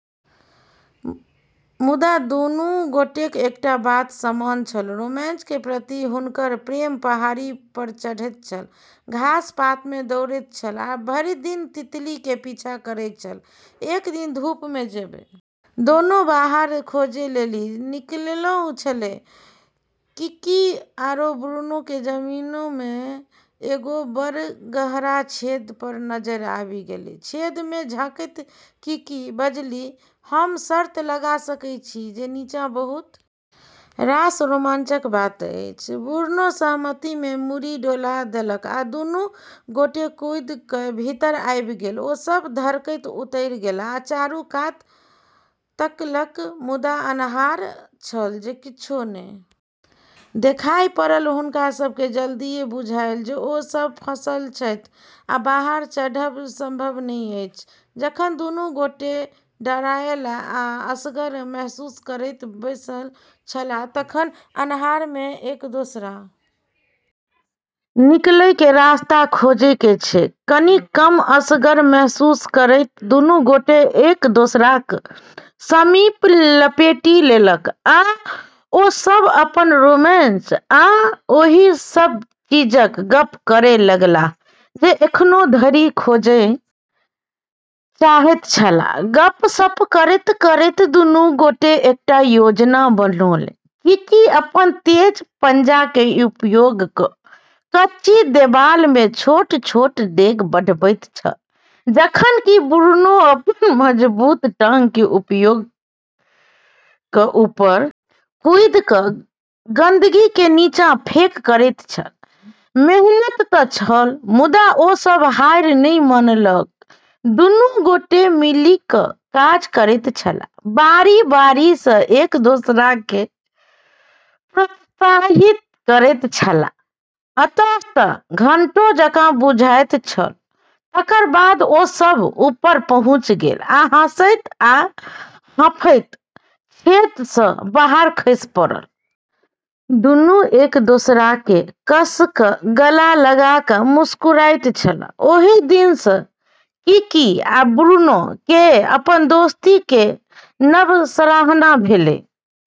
मुदा दुनू गोटेक एकटा बात समान छल, रोमांच के प्रति हुनकर प्रेम पहाड़ी पर चढ़ैत छल, घास-पात मे दौड़ैत छल आ भरि दिन तितली के पीछा करैत छल, एक दिन धूप में जबे दोनों बाहर खोजै लेली निकललो छेलै, किकी आरो ब्रूनो के जमीन में एगो बड़ऽ गहरा छेद पर नजर आबी गेलै, छेद मे झांकैत किकी बजलीह, हम शर्त लगा सकैत छी जे नीचाँ बहुत रास रोमांचक बात अछि, ब्रूनो सहमति मे मुड़ी डोला देलक आ दुनू गोटे कूदि कए भीतर आबि गेल ओ सभ धड़कैत उतरि गेल आ चारू कात तकलक मुदा अन्हार छल जे किछु नहि देखाइ पड़ल, हुनका सब के जल्दीए बुझायल जे ओ सब फंसल छथि आ बाहर चढ़ब संभव नहि अछि जखन दुनू गोटे डराएल आ असगर महसूस करैत बैसल छलाह तखन अन्हार मे एक दोसरा निकलै के रास्ता खोजै के छै, कनि कम असगर महसूस करैत दुनू गोटे एक दोसराक समीप लपेटि लेलक ओ सभ अपन रोमांच आ ओहि सभ चीजक गप्प करय लगलाह जे एखनो धरि खोजय चाहैत छलाह, गप्प-सप्प करैत-करैत दुनू गोटे एकटा योजना बनौलनि किकी अपन तेज पंजा के उपयोग क कच्ची देबाल में छोट-छोट डेग बढ़बैत छल जखन कि ब्रूनो अपन मजबूत टांग के उपयोग क ऊपर कूदि क गंदगी के नीचा पैक करैत छल, मेहनत त छल, मुदा ओ सभ हार नहि मानलक, दुनू गोटे मिलिकय काज करैत छलाह, बारी-बारी सँ एक दोसरा केँ प्रोत्साहित करैत छलाह, अंततः घंटों जकाँ बुझाइत छल तकर बाद ओ सभ ऊपर पहुँचि गेल आ हँसैत आ हांफैत छेदसँ बाहर खसि पड़ल। दुनू एक दोसराकेँ कस कऽ गला लगा कऽ मुस्कुराइत रहल, ओहि दिन सँ किकी आ ब्रूनो के अपन दोस्ती के नव सराहना भेलै।